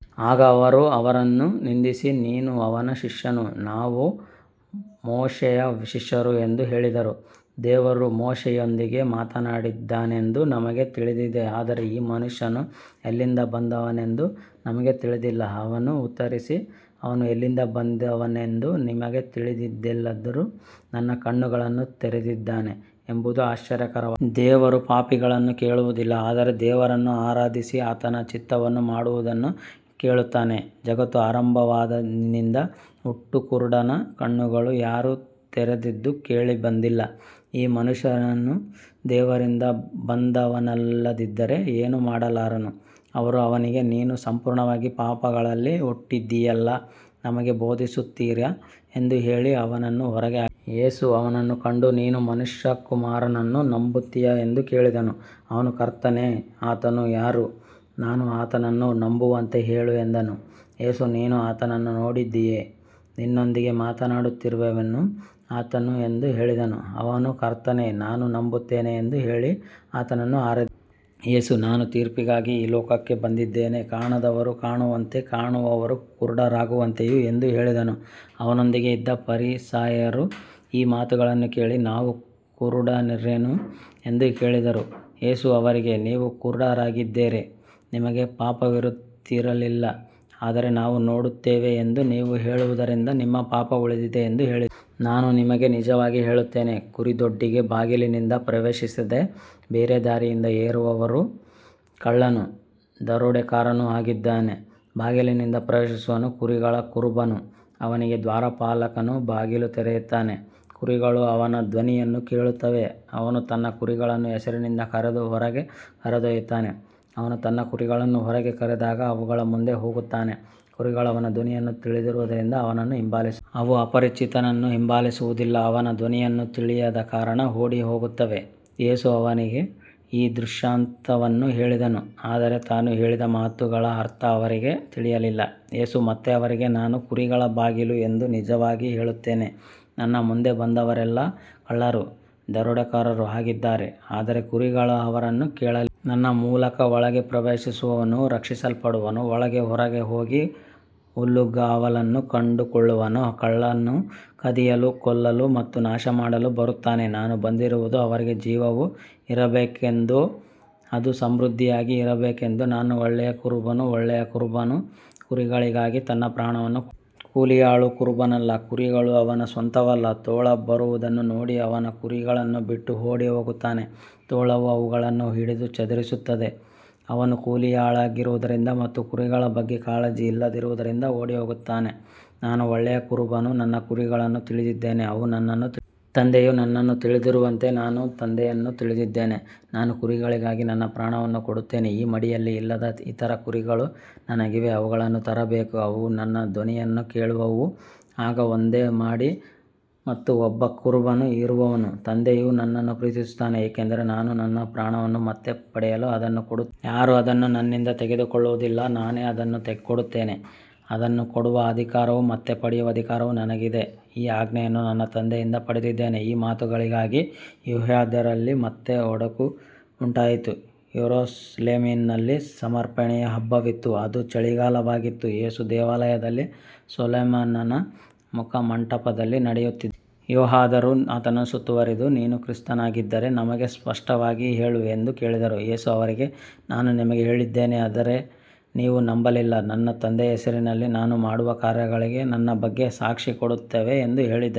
ಆಗ ಅವರು ಅವನನ್ನು ನಿಂದಿಸಿ, ನೀನು ಅವನ ಶಿಷ್ಯನು, ನಾವು ಮೋಶೆಯ ಶಿಷ್ಯರು ಎಂದು ಹೇಳಿದರು. ದೇವರು ಮೋಶೆಯೊಂದಿಗೆ ಮಾತನಾಡಿದ್ದಾನೆಂದು ನಮಗೆ ತಿಳಿದಿದೆ, ಆದರೆ ಈ ಮನುಷ್ಯನು ಎಲ್ಲಿಂದ ಬಂದವನೆಂದು ನಮಗೆ ತಿಳಿದಿಲ್ಲ. ಅವನು ಉತ್ತರಿಸಿ, ಅವನು ಎಲ್ಲಿಂದ ಬಂದವನೆಂದು ನಿಮಗೆ ತಿಳಿದಿಲ್ಲದಿದ್ದರೂ ನನ್ನ ಕಣ್ಣುಗಳನ್ನು ತೆರೆದಿದ್ದಾನೆ ಎಂಬುದು ಆಶ್ಚರ್ಯಕರ ದೇವರು ಪಾಪಿಗಳನ್ನು ಕೇಳುವುದಿಲ್ಲ, ಆದರೆ ದೇವರನ್ನು ಆರಾಧಿಸಿ ಆತನ ಚಿತ್ತವನ್ನು ಮಾಡುವವನನ್ನು ಕೇಳುತ್ತಾನೆ. ಜಗತ್ತು ಆರಂಭವಾದಂದಿನಿಂದ ಹುಟ್ಟುಕುರುಡನ ಕಣ್ಣುಗಳನ್ನು ಯಾರೂ ತೆರೆದದ್ದು ಕೇಳಿಬಂದಿಲ್ಲ. ಈ ಮನುಷ್ಯನು ದೇವರಿಂದ ಬಂದವನಲ್ಲದಿದ್ದರೆ ಏನೂ ಮಾಡಲಾರನು. ಅವರು ಅವನಿಗೆ, ನೀನು ಸಂಪೂರ್ಣವಾಗಿ ಪಾಪಗಳಲ್ಲಿ ಹುಟ್ಟಿದ್ದೀಯಲ್ಲಾ, ನಮಗೆ ಬೋಧಿಸುತ್ತೀಯಾ ಎಂದು ಹೇಳಿ ಅವನನ್ನು ಹೊರಗೆ ಹಾಕಿದರು. ಯೇಸು ಅವನನ್ನು ಕಂಡು, ನೀನು ಮನುಷ್ಯಕುಮಾರನನ್ನು ನಂಬುತ್ತೀಯಾ ಎಂದು ಕೇಳಿದನು. ಅವನು, ಕರ್ತನೇ, ಆತನು ಯಾರು, ನಾನು ಆತನನ್ನು ನಂಬುವಂತೆ ಹೇಳು ಎಂದನು. ಯೇಸು, ನೀನು ಆತನನ್ನು ನೋಡಿದ್ದೀಯೆ, ನಿನ್ನೊಂದಿಗೆ ಮಾತನಾಡುತ್ತಿರುವವನೇ ಆತನು ಎಂದು ಹೇಳಿದನು. ಅವನು, ಕರ್ತನೇ, ನಾನು ನಂಬುತ್ತೇನೆ ಎಂದು ಹೇಳಿ ಆತನನ್ನು ಆರಾಧಿ ಯೇಸು, ನಾನು ತೀರ್ಪಿಗಾಗಿ ಈ ಲೋಕಕ್ಕೆ ಬಂದಿದ್ದೇನೆ, ಕಾಣದವರು ಕಾಣುವಂತೆಯೂ ಕಾಣುವವರು ಕುರುಡರಾಗುವಂತೆಯೂ ಎಂದು ಹೇಳಿದನು. ಅವನೊಂದಿಗೆ ಇದ್ದ ಫರಿಸಾಯರು ಈ ಮಾತುಗಳನ್ನು ಕೇಳಿ, ನಾವೂ ಕುರುಡರೇನು ಎಂದು ಕೇಳಿದರು. ಯೇಸು ಅವರಿಗೆ, ನೀವು ಕುರುಡರಾಗಿದ್ದರೆ ನಿಮಗೆ ಪಾಪವಿರುತ್ತಿರಲಿಲ್ಲ, ಆದರೆ ನಾವು ನೋಡುತ್ತೇವೆ ಎಂದು ನೀವು ಹೇಳುವುದರಿಂದ ನಿಮ್ಮ ಪಾಪ ಉಳಿದಿದೆ ಎಂದು ಹೇಳಿದ. ನಾನು ನಿಮಗೆ ನಿಜವಾಗಿ ಹೇಳುತ್ತೇನೆ, ಕುರಿದೊಡ್ಡಿಗೆ ಬಾಗಿಲಿನಿಂದ ಪ್ರವೇಶಿಸದೆ ಬೇರೆ ದಾರಿಯಿಂದ ಏರುವವರು ಕಳ್ಳನೂ ದರೋಡೆಕೋರನೂ ಆಗಿದ್ದಾನೆ. ಬಾಗಿಲಿನಿಂದ ಪ್ರವೇಶಿಸುವವನು ಕುರಿಗಳ ಕುರುಬನು. ಅವನಿಗೆ ದ್ವಾರಪಾಲಕನು ಬಾಗಿಲು ತೆರೆಯುತ್ತಾನೆ, ಕುರಿಗಳು ಅವನ ಧ್ವನಿಯನ್ನು ಕೇಳುತ್ತವೆ, ಅವನು ತನ್ನ ಕುರಿಗಳನ್ನು ಹೆಸರಿನಿಂದ ಕರೆದು ಹೊರಗೆ ಕರೆದೊಯ್ಯುತ್ತಾನೆ. ಅವನು ತನ್ನ ಕುರಿಗಳನ್ನು ಹೊರಗೆ ಕರೆದಾಗ ಅವುಗಳ ಮುಂದೆ ಹೋಗುತ್ತಾನೆ, ಕುರಿಗಳು ಅವನ ಧ್ವನಿಯನ್ನು ತಿಳಿದಿರುವುದರಿಂದ ಅವನನ್ನು ಹಿಂಬಾಲಿಸ. ಅವು ಅಪರಿಚಿತನನ್ನು ಹಿಂಬಾಲಿಸುವುದಿಲ್ಲ, ಅವನ ಧ್ವನಿಯನ್ನು ತಿಳಿಯದ ಕಾರಣ ಓಡಿಹೋಗುತ್ತವೆ. ಯೇಸು ಅವರಿಗೆ ಈ ದೃಷ್ಟಾಂತವನ್ನು ಹೇಳಿದನು, ಆದರೆ ತಾನು ಹೇಳಿದ ಮಾತುಗಳ ಅರ್ಥ ಅವರಿಗೆ ತಿಳಿಯಲಿಲ್ಲ. ಯೇಸು ಮತ್ತೆ ಅವರಿಗೆ, ನಾನು ಕುರಿಗಳ ಬಾಗಿಲು ಎಂದು ನಿಜವಾಗಿ ಹೇಳುತ್ತೇನೆ. ನನ್ನ ಮುಂದೆ ಬಂದವರೆಲ್ಲ ಕಳ್ಳರೂ ದರೋಡೆಕೋರರೂ ಆಗಿದ್ದಾರೆ, ಆದರೆ ಕುರಿಗಳು ಅವರನ್ನು ಕೇಳಲಿಲ್ಲ. ನನ್ನ ಮೂಲಕ ಒಳಗೆ ಪ್ರವೇಶಿಸುವವನು ರಕ್ಷಿಸಲ್ಪಡುವನು, ಒಳಗೆ ಹೊರಗೆ ಹೋಗಿ ಹುಲ್ಲುಗಾವಲನ್ನು ಕಂಡುಕೊಳ್ಳುವನು. ಕಳ್ಳನು ಕದಿಯಲು, ಕೊಲ್ಲಲು ಮತ್ತು ನಾಶಮಾಡಲು ಬರುತ್ತಾನೆ. ನಾನು ಬಂದಿರುವುದು ಅವರಿಗೆ ಜೀವವು ಇರಬೇಕೆಂದೂ ಅದು ಸಮೃದ್ಧಿಯಾಗಿ ಇರಬೇಕೆಂದೂ. ನಾನು ಒಳ್ಳೆಯ ಕುರುಬನು. ಒಳ್ಳೆಯ ಕುರುಬನು ಕುರಿಗಳಿಗಾಗಿ ತನ್ನ ಪ್ರಾಣವನ್ನು ಕೊಡುತ್ತಾನೆ. ಕೂಲಿಯಾಳು ಕುರುಬನಲ್ಲ, ಕುರಿಗಳು ಅವನ ಸ್ವಂತವಲ್ಲ. ತೋಳ ಬರುವುದನ್ನು ನೋಡಿ ಅವನು ಕುರಿಗಳನ್ನು ಬಿಟ್ಟು ಓಡಿಹೋಗುತ್ತಾನೆ, ತೋಳವು ಅವುಗಳನ್ನು ಹಿಡಿದು ಚದುರಿಸುತ್ತದೆ. ಅವನು ಕೂಲಿಯಾಳಾಗಿರುವುದರಿಂದ ಮತ್ತು ಕುರಿಗಳ ಬಗ್ಗೆ ಕಾಳಜಿ ಇಲ್ಲದಿರುವುದರಿಂದ ಓಡಿಹೋಗುತ್ತಾನೆ. ನಾನು ಒಳ್ಳೆಯ ಕುರುಬನು, ನನ್ನ ಕುರಿಗಳನ್ನು ತಿಳಿದಿದ್ದೇನೆ, ಅವು ನನ್ನನ್ನು ತಿಳಿದಿವೆ. ತಂದೆಯು ನನ್ನನ್ನು ತಿಳಿದಿರುವಂತೆ ನಾನು ತಂದೆಯನ್ನು ತಿಳಿದಿದ್ದೇನೆ. ನಾನು ಕುರಿಗಳಿಗಾಗಿ ನನ್ನ ಪ್ರಾಣವನ್ನು ಕೊಡುತ್ತೇನೆ. ಈ ಮಡಿಯಲ್ಲಿ ಇಲ್ಲದ ಇತರ ಕುರಿಗಳೂ ನನಗಿವೆ, ಅವುಗಳನ್ನೂ ತರಬೇಕು. ಅವು ನನ್ನ ಧ್ವನಿಯನ್ನು ಕೇಳುವವು, ಆಗ ಒಂದೇ ಮಡಿ ಮತ್ತು ಒಬ್ಬ ಕುರುಬನು ಇರುವನು. ತಂದೆಯು ನನ್ನನ್ನು ಪ್ರೀತಿಸುತ್ತಾನೆ, ಏಕೆಂದರೆ ನಾನು ನನ್ನ ಪ್ರಾಣವನ್ನು ಮತ್ತೆ ಪಡೆಯಲು ಅದನ್ನು ಕೊಡುತ್ತೇನೆ. ಯಾರೂ ಅದನ್ನು ನನ್ನಿಂದ ತೆಗೆದುಕೊಳ್ಳುವುದಿಲ್ಲ, ನಾನೇ ಅದನ್ನು ಕೊಡುತ್ತೇನೆ. ಅದನ್ನು ಕೊಡುವ ಅಧಿಕಾರವೂ ಮತ್ತೆ ಪಡೆಯುವ ಅಧಿಕಾರವೂ ನನಗಿದೆ. ಈ ಆಜ್ಞೆಯನ್ನು ನನ್ನ ತಂದೆಯಿಂದ ಪಡೆದಿದ್ದೇನೆ. ಈ ಮಾತುಗಳಿಗಾಗಿ ಯೆಹೂದ್ಯರಲ್ಲಿ ಮತ್ತೆ ಒಡಕು ಉಂಟಾಯಿತು. ಯೆರೂಸಲೇಮಿನಲ್ಲಿ ಸಮರ್ಪಣೆಯ ಹಬ್ಬವಿತ್ತು. ಅದು ಚಳಿಗಾಲವಾಗಿತ್ತು, ಯೇಸು ದೇವಾಲಯದಲ್ಲಿ ಸೊಲೊಮೋನನ ಮುಖಮಂಟಪದಲ್ಲಿ ನಡೆಯುತ್ತಿದ್ದನು. ಯೆಹೂದ್ಯರು ಆತನನ್ನು ಸುತ್ತುವರಿದು, ನೀನು ಕ್ರಿಸ್ತನಾಗಿದ್ದರೆ ನಮಗೆ ಸ್ಪಷ್ಟವಾಗಿ ಹೇಳು ಎಂದು ಕೇಳಿದರು. ಯೇಸು ಅವರಿಗೆ, ನಾನು ನಿಮಗೆ ಹೇಳಿದ್ದೇನೆ, ಆದರೆ ನೀವು ನಂಬಲಿಲ್ಲ. ನನ್ನ ತಂದೆಯ ಹೆಸರಿನಲ್ಲಿ ನಾನು ಮಾಡುವ ಕಾರ್ಯಗಳೇ ನನ್ನ ಬಗ್ಗೆ ಸಾಕ್ಷಿ ಕೊಡುತ್ತವೆ ಎಂದು ಹೇಳಿದನು.